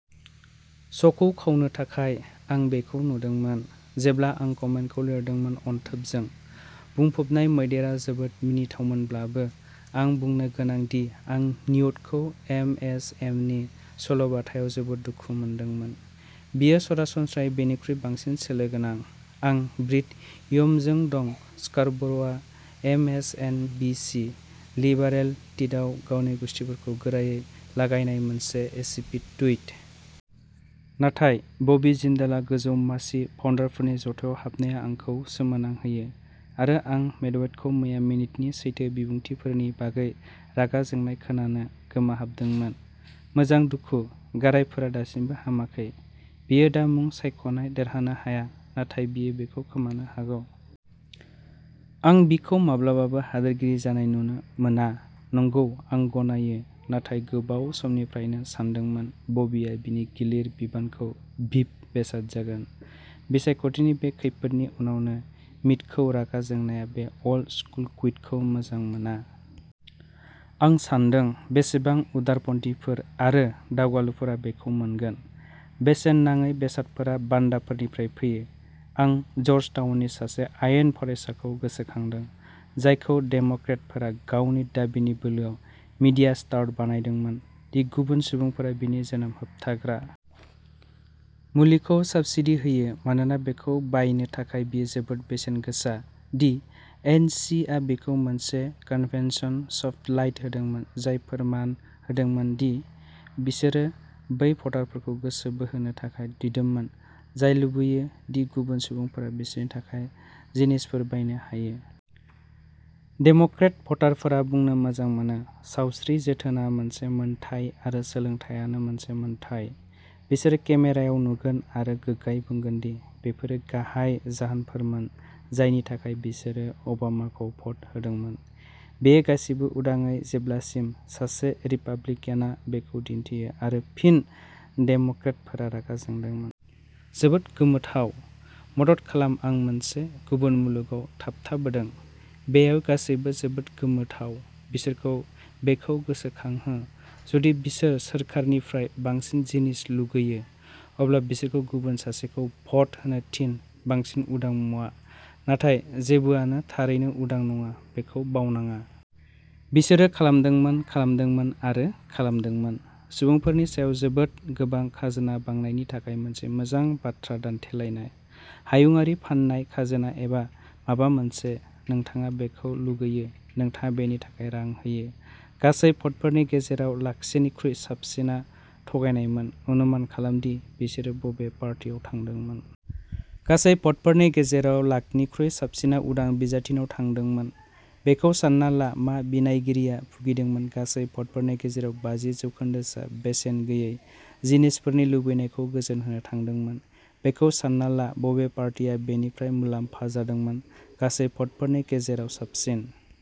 श'खौ खावनो थाखाय। आं बेखौ नुदोंमोन जेब्ला आं कमेन्टखौ लिरदोंमोन अनथोबजों बुंफबनाय मैदेरआ जोबोद मिनिथावमोनब्लाबो आं बुंनो गोनां दि आं निउटखौ एमएसएमनि सल'बाथायाव जोबोद दुखु मोनदोंमोन। बियो सरासनस्रायै बेनिख्रुइ बांसिन सोलो गोनां। आं ब्रिट हिउमजों दं स्कारबर'आ एमएसएनबीसी लिबेरेल टिटआव गावनि गुसथिफोरखौ गोरायै लागायनाय मोनसे इसिपिड टुइट। नाथाय बबी जिंदालआ गोजौ मासि पाउन्डारफोरनि ज'थायाव हाबनाया आंखौ सोमोनांहोयो। आरो आं मेदवेदखौ मैया मिटनि सैथो बिबुंथिफोरनि बागै रागा जोंनाय खोनानो गोमोहाबदोंमोन। मोजां दुखु। गारायफोरा दासिमबो हामाखै। बियो दा मुं सायख'नाय देरहानो हाया नाथाय बियो बेखौ खोमानो हागौ। आं बिखौ माब्लाबाबो हादोरगिरि जानाय नुनो मोना नंगौ आं गनायो नाथाय गोबाव समनिफ्रायनो सानदोंमोन बबीआ बिनि गिलिर बिबानगोनां भिप बेसाद जागोन। बिसायख'थिनि बे खैफोदनि उनावनो मिटखौ रागा जोंनाया बे अल्ड स्कुल'कुटखौ मोजां मोना। आं सानदों बेसेबां उदारपन्थिफोर आरो दावगालुफोरा बेखौ मोनगोन? बेसेन नाङै बेसादफोरा बान्दाफोरनिफ्राय फैयो। आं जर्जटाउननि सासे आयेन फरायसाखौ गोसोखांदों, जायखौ डेम'क्रेटफोरा गावनि दाबिनि बोलोआव मिडिया स्टार बानायदोंमोन दि गुबुन सुबुंफोरा बिनि जोनोम होबथाग्रा मुलिखौ साब्सिडी होयो मानोना बेखौ बायनो थाखाय बियो जोबोद बेसेन गोसा दि एन सि आ बिखौ मोनसे कन्वेन्शन स्पटलाइट होदोंमोन जाय फोरमान होदोंमोन दि बिसोरो बै भटारफोरखौ गोसो बोहोनो थाखाय दिदोममोन जाय लुबैयो दि गुबुन सुबुंफोरा बिसोरनि थाखाय जिनिसफोर बायनो हायो। डेम'क्रेट भटारफोरा बुंनो मोजां मोनो सावस्रि जोथोनआ मोनसे मोन्थाइ आरो सोलोंथायानो मोनसे मोन्थाइ। बिसोरो केमेरायाव नुगोन आरो गोग्गायै बुंगोन दि बेफोरो गाहाय जाहोनफोरमोन जायनि थाखाय बिसोरो अबामाखौ भ'ट होदोंमोन। बेयो गासिबो उदाङै जेब्लासिम सासे रिपाब्लिकानआ बेखौ दिन्थियो आरो फिन डेम'क्रेटफोरा रागा जोंदों। जोबोद गोमोथाव। मदद खालाम आं मोनसे गुबुन मुलुगआव थाबथाबोदों। बेयाव गासैबो जोबोद गोमोथाव। बिसोरखौ बेखौ गोसोखांहो जुदि बिसोर सोरखारनिफ्राय बांसिन जिनिस लुगैयो अब्ला बिसोरखौ गुबुन सासेखौ भ'ट होनो थिन बांसिन उदां मुवा। नाथाय जेबोआनो थारैनो उदां नङा बेखौ बावनाङा। बिसोरो खालामदोंमोन खालामदोंमोन आरो खालामदोंमोन। सुबुंफोरनि सायाव जोबोद गोबां खाजोना बांनायनि थाखाय मोनसे मोजां बाथ्रा दान्थेलायनाय। हायुंआरि फान्नाय खाजोना एबा माबा मोनसे। नोंथाङा बेखौ लुगैयो नोंथाङा बेनि थाखाय रां होयो। गासै भटफोरनि गेजेराव लाखसेनिख्रुइ साबसिनआ थगायनायमोन अनुमान खालाम दि बिसोरो बबे पार्टियाव थांदोंमोन। गासै भटफोरनि गेजेराव लाखनिख्रुइ साबसिनआ उदां बिजाथिनाव थांदोंमोन। बेखौ सान्ना ला मा बिनायगिरिया भुगिदोंमोन गासै भटफोरनि गेजेराव बाजि जौखोन्दोसोआ बेसेन गैयै जिनिसफोरनि लुबैनायखौ गोजोनहोनो थांदोंमोन। बेखौ सान्ना ला बबे पार्टिआ बेनिफ्राय मुलाम्फा जादोंमोन गासै भटफोरनि गेजेराव साबसिन।